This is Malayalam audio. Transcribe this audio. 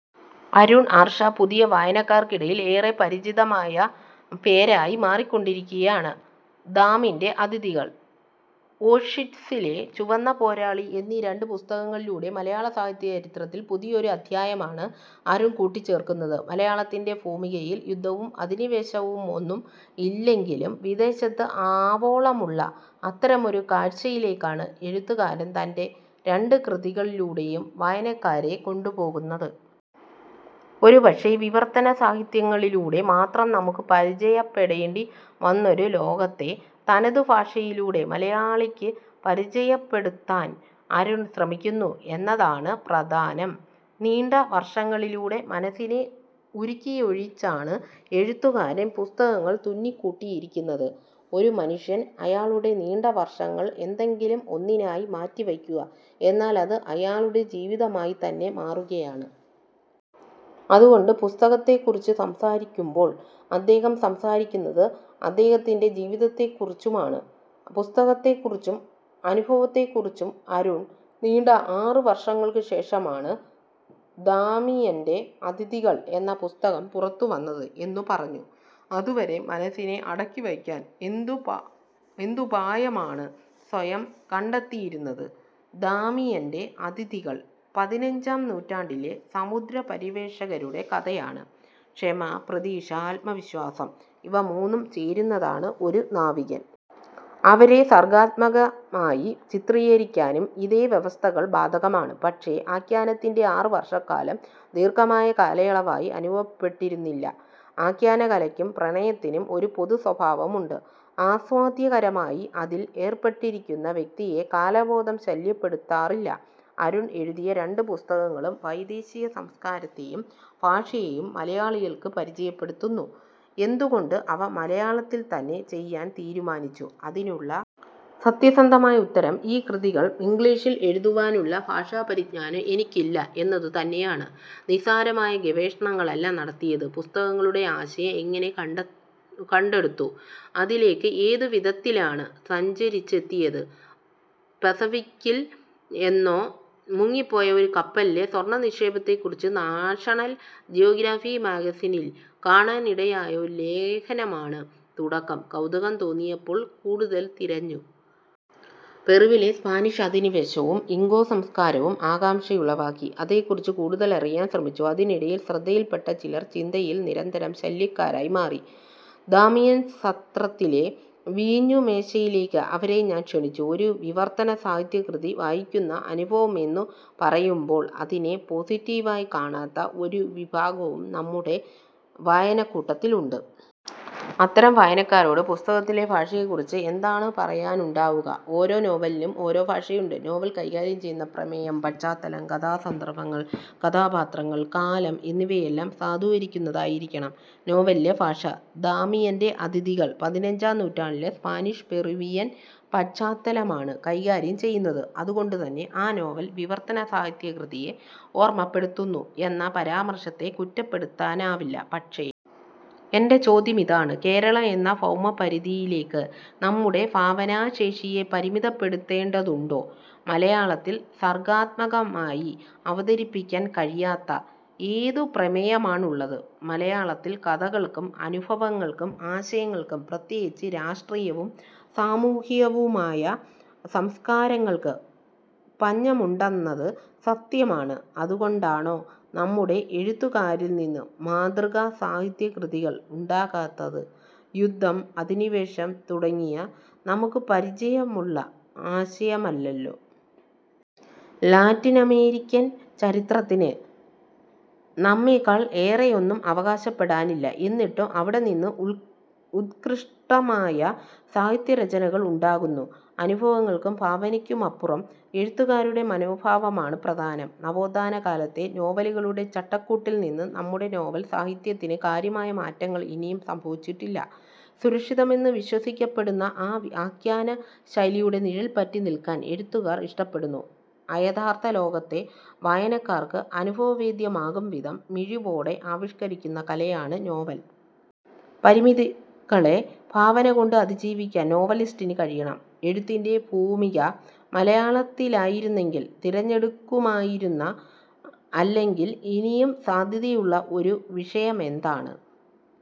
അരുൺ ആർഷ, പുതിയ വായനക്കാർക്കിടയിൽ ഏറെ പരിചിതമായ പേരായി മാറിക്കൊണ്ടിരിക്കുകയാണ്. ദാമിയൻ്റെ അതിഥികൾ, ഓഷ്വിറ്റ്സിലെ ചുവന്ന പോരാളി എന്നീ രണ്ടു പുസ്തകങ്ങളിലൂടെ മലയാള സാഹിത്യ ചരിത്രത്തിൽ പുതിയൊരു അധ്യായമാണ് അരുൺ കൂട്ടിച്ചേർക്കുന്നത്. മലയാളത്തിൻ്റെ ഭൂമികയിൽ യുദ്ധവും അധിനിവേശവുമൊന്നും ഇല്ലെങ്കിലും വിദേശത്ത് ആവോളമുള്ള അത്തരമൊരു കാഴ്ചയിലേക്കാണ് എഴുത്തുകാരൻ തൻ്റെ രണ്ടു കൃതികളിലൂടെയും വായനക്കാരെ കൊണ്ടുപോകുന്നത്. ഒരുപക്ഷേ വിവർത്തന സാഹിത്യങ്ങളിലൂടെ മാത്രം നമുക്ക് പരിചയപ്പെടേണ്ടി വന്നൊരു ലോകത്തെ തനതു ഭാഷയിലൂടെ മലയാളിക്ക് പരിചയപ്പെടുത്താൻ അരുൺ ശ്രമിക്കുന്നു എന്നതാണ് പ്രധാനം. നീണ്ട വർഷങ്ങളിലൂടെ മനസ്സിനെ ഉരുക്കിയൊഴിച്ചാണ് എഴുത്തുകാരൻ പുസ്തകങ്ങൾ തുന്നിക്കൂട്ടിയിരിക്കുന്നത്. ഒരു മനുഷ്യൻ അയാളുടെ നീണ്ട വർഷങ്ങൾ എന്തെങ്കിലും ഒന്നിനായി മാറ്റിവയ്ക്കുക എന്നാൽ അത് അയാളുടെ ജീവിതമായിത്തന്നെ മാറുകയാണ്. അതുകൊണ്ട് പുസ്തകത്തെക്കുറിച്ച് സംസാരിക്കുമ്പോൾ അദ്ദേഹം സംസാരിക്കുന്നത് അദ്ദേഹത്തിൻ്റെ ജീവിതത്തെക്കുറിച്ചുമാണ്. പുസ്തകത്തെക്കുറിച്ചും അനുഭവത്തെക്കുറിച്ചും അരുൺ. നീണ്ട ആറ് വർഷങ്ങൾക്കുശേഷമാണ് ദാമിയൻ്റെ അതിഥികൾ എന്ന പുസ്തകം പുറത്തുവന്നത് എന്നു പറഞ്ഞു. അതുവരെ മനസ്സിനെ അടക്കിവയ്ക്കാൻ എന്തുപായമാണ് സ്വയം കണ്ടെത്തിയിരുന്നത്? ദാമിയൻ്റെ അതിഥികൾ പതിനഞ്ചാം നൂറ്റാണ്ടിലെ സമുദ്ര പര്യവേക്ഷകരുടെ കഥയാണ്. ക്ഷമ, പ്രതീക്ഷ, ആത്മവിശ്വാസം ഇവ മൂന്നും ചേരുന്നതാണ് ഒരു നാവികൻ. അവരെ സർഗ്ഗാത്മകമായി ചിത്രീകരിക്കാനും ഇതേ വ്യവസ്ഥകൾ ബാധകമാണ്. പക്ഷേ ആഖ്യാനത്തിൻ്റെ ആറ് വർഷക്കാലം ദീർഘമായ കാലയളവായി അനുഭവപ്പെട്ടിരുന്നില്ല. ആഖ്യാനകലയ്ക്കും പ്രണയത്തിനും ഒരു പൊതുസ്വഭാവമുണ്ട്. ആസ്വാദ്യകരമായി അതിൽ ഏർപ്പെട്ടിരിക്കുന്ന വ്യക്തിയെ കാലബോധം ശല്യപ്പെടുത്താറില്ല. അരുൺ എഴുതിയ രണ്ടു പുസ്തകങ്ങളും വൈദേശിക സംസ്കാരത്തെയും ഭാഷയെയും മലയാളികൾക്ക് പരിചയപ്പെടുത്തുന്നു. എന്തുകൊണ്ട് അവ മലയാളത്തിൽത്തന്നെ ചെയ്യാൻ തീരുമാനിച്ചു? അതിനുള്ള സത്യസന്ധമായ ഉത്തരം ഈ കൃതികൾ ഇംഗ്ലീഷിൽ എഴുതുവാനുള്ള ഭാഷാപരിജ്ഞാനം എനിക്കില്ല എന്നതുതന്നെയാണ്. നിസ്സാരമായ ഗവേഷണങ്ങളല്ല നടത്തിയത്. പുസ്തകങ്ങളുടെ ആശയം എങ്ങനെ കണ്ടെടുത്തു? അതിലേക്ക് ഏതു വിധത്തിലാണ് സഞ്ചരിച്ചെത്തിയത്? പസഫിക്കിൽ എന്നോ മുങ്ങിപ്പോയ ഒരു കപ്പലിലെ സ്വർണനിക്ഷേപത്തെക്കുറിച്ച് നാഷനൽ ജിയോഗ്രഫി മാഗസിനിൽ കാണാനിടയായ ഒരു ലേഖനമാണ് തുടക്കം. കൗതുകം തോന്നിയപ്പോൾ കൂടുതൽ തിരഞ്ഞു. പെറുവിലെ സ്പാനിഷ് അധിനിവേശവും ഇൻകോ സംസ്കാരവും ആകാംക്ഷയുളവാക്കി. അതേക്കുറിച്ച് കൂടുതൽ അറിയാൻ ശ്രമിച്ചു. അതിനിടയിൽ ശ്രദ്ധയിൽപ്പെട്ട ചിലർ ചിന്തയിൽ നിരന്തരം ശല്യക്കാരായി മാറി. ദാമിയൻ സത്രത്തിലെ വീഞ്ഞുമേശയിലേക്ക് അവരെ ഞാൻ ക്ഷണിച്ചു. ഒരു വിവർത്തന സാഹിത്യകൃതി വായിക്കുന്ന അനുഭവമെന്നു പറയുമ്പോൾ അതിനെ പോസിറ്റീവായി കാണാത്ത ഒരു വിഭാഗവും നമ്മുടെ വായനക്കൂട്ടത്തിലുണ്ട്. അത്തരം വായനക്കാരോട് പുസ്തകത്തിലെ ഭാഷയെക്കുറിച്ച് എന്താണു പറയാനുണ്ടാവുക? ഓരോ നോവലിനും ഓരോ ഭാഷയുണ്ട്. നോവൽ കൈകാര്യം ചെയ്യുന്ന പ്രമേയം, പശ്ചാത്തലം, കഥാസന്ദർഭങ്ങൾ, കഥാപാത്രങ്ങൾ, കാലം എന്നിവയെല്ലാം സാധൂകരിക്കുന്നതായിരിക്കണം നോവലിലെ ഭാഷ. ദാമിയൻ്റെ അതിഥികൾ പതിനഞ്ചാം നൂറ്റാണ്ടിലെ സ്പാനിഷ് പെറുവിയൻ പശ്ചാത്തലമാണ് കൈകാര്യം ചെയ്യുന്നത്. അതുകൊണ്ടുതന്നെ ആ നോവൽ വിവർത്തന സാഹിത്യകൃതിയെ ഓർമപ്പെടുത്തുന്നു എന്ന പരാമർശത്തെ കുറ്റപ്പെടുത്താനാവില്ല. പക്ഷേ എൻ്റെ ചോദ്യമിതാണ്. കേരളം എന്ന ഭൗമപരിധിയിലേക്ക് നമ്മുടെ ഭാവനാശേഷിയെ പരിമിതപ്പെടുത്തേണ്ടതുണ്ടോ? മലയാളത്തിൽ സർഗ്ഗാത്മകമായി അവതരിപ്പിക്കാൻ കഴിയാത്ത ഏതു പ്രമേയമാണുള്ളത്? മലയാളത്തിൽ കഥകൾക്കും അനുഭവങ്ങൾക്കും ആശയങ്ങൾക്കും പ്രത്യേകിച്ച് രാഷ്ട്രീയവും സാമൂഹികവുമായ സംസ്കാരങ്ങൾക്ക് പഞ്ഞമുണ്ടെന്നത് സത്യമാണ്. അതുകൊണ്ടാണോ നമ്മുടെ എഴുത്തുകാരിൽനിന്ന് മാതൃകാ സാഹിത്യകൃതികൾ ഉണ്ടാകാത്തത്? യുദ്ധം, അധിനിവേശം തുടങ്ങിയവ നമുക്ക് പരിചയമുള്ള ആശയമല്ലല്ലോ. ലാറ്റിനമേരിക്കൻ ചരിത്രത്തിന് നമ്മേക്കാൾ ഏറെയൊന്നും അവകാശപ്പെടാനില്ല. എന്നിട്ടും അവിടെനിന്ന് ഉത്കൃഷ്ടമായ സാഹിത്യരചനകൾ ഉണ്ടാകുന്നു. അനുഭവങ്ങൾക്കും ഭാവനയ്ക്കുമപ്പുറം എഴുത്തുകാരുടെ മനോഭാവമാണ് പ്രധാനം. നവോത്ഥാനകാലത്തെ നോവലുകളുടെ ചട്ടക്കൂട്ടിൽനിന്ന് നമ്മുടെ നോവൽ സാഹിത്യത്തിന് കാര്യമായ മാറ്റങ്ങൾ ഇനിയും സംഭവിച്ചിട്ടില്ല. സുരക്ഷിതമെന്ന് വിശ്വസിക്കപ്പെടുന്ന ആ ആഖ്യാനശൈലിയുടെ നിഴൽപറ്റി നിൽക്കാൻ എഴുത്തുകാർ ഇഷ്ടപ്പെടുന്നു. അയഥാർഥ ലോകത്തെ വായനക്കാർക്ക് അനുഭവവേദ്യമാകുംവിധം മിഴിവോടെ ആവിഷ്കരിക്കുന്ന കലയാണ് നോവൽ. പരിമിതികളെ ഭാവനകൊണ്ട് അതിജീവിക്കാൻ നോവലിസ്റ്റിന് കഴിയണം. എഴുത്തിൻ്റെ ഭൂമിക മലയാളത്തിലായിരുന്നെങ്കിൽ തിരഞ്ഞെടുക്കുമായിരുന്ന, അല്ലെങ്കിൽ ഇനിയും സാധ്യതയുള്ള ഒരു വിഷയമെന്താണ്?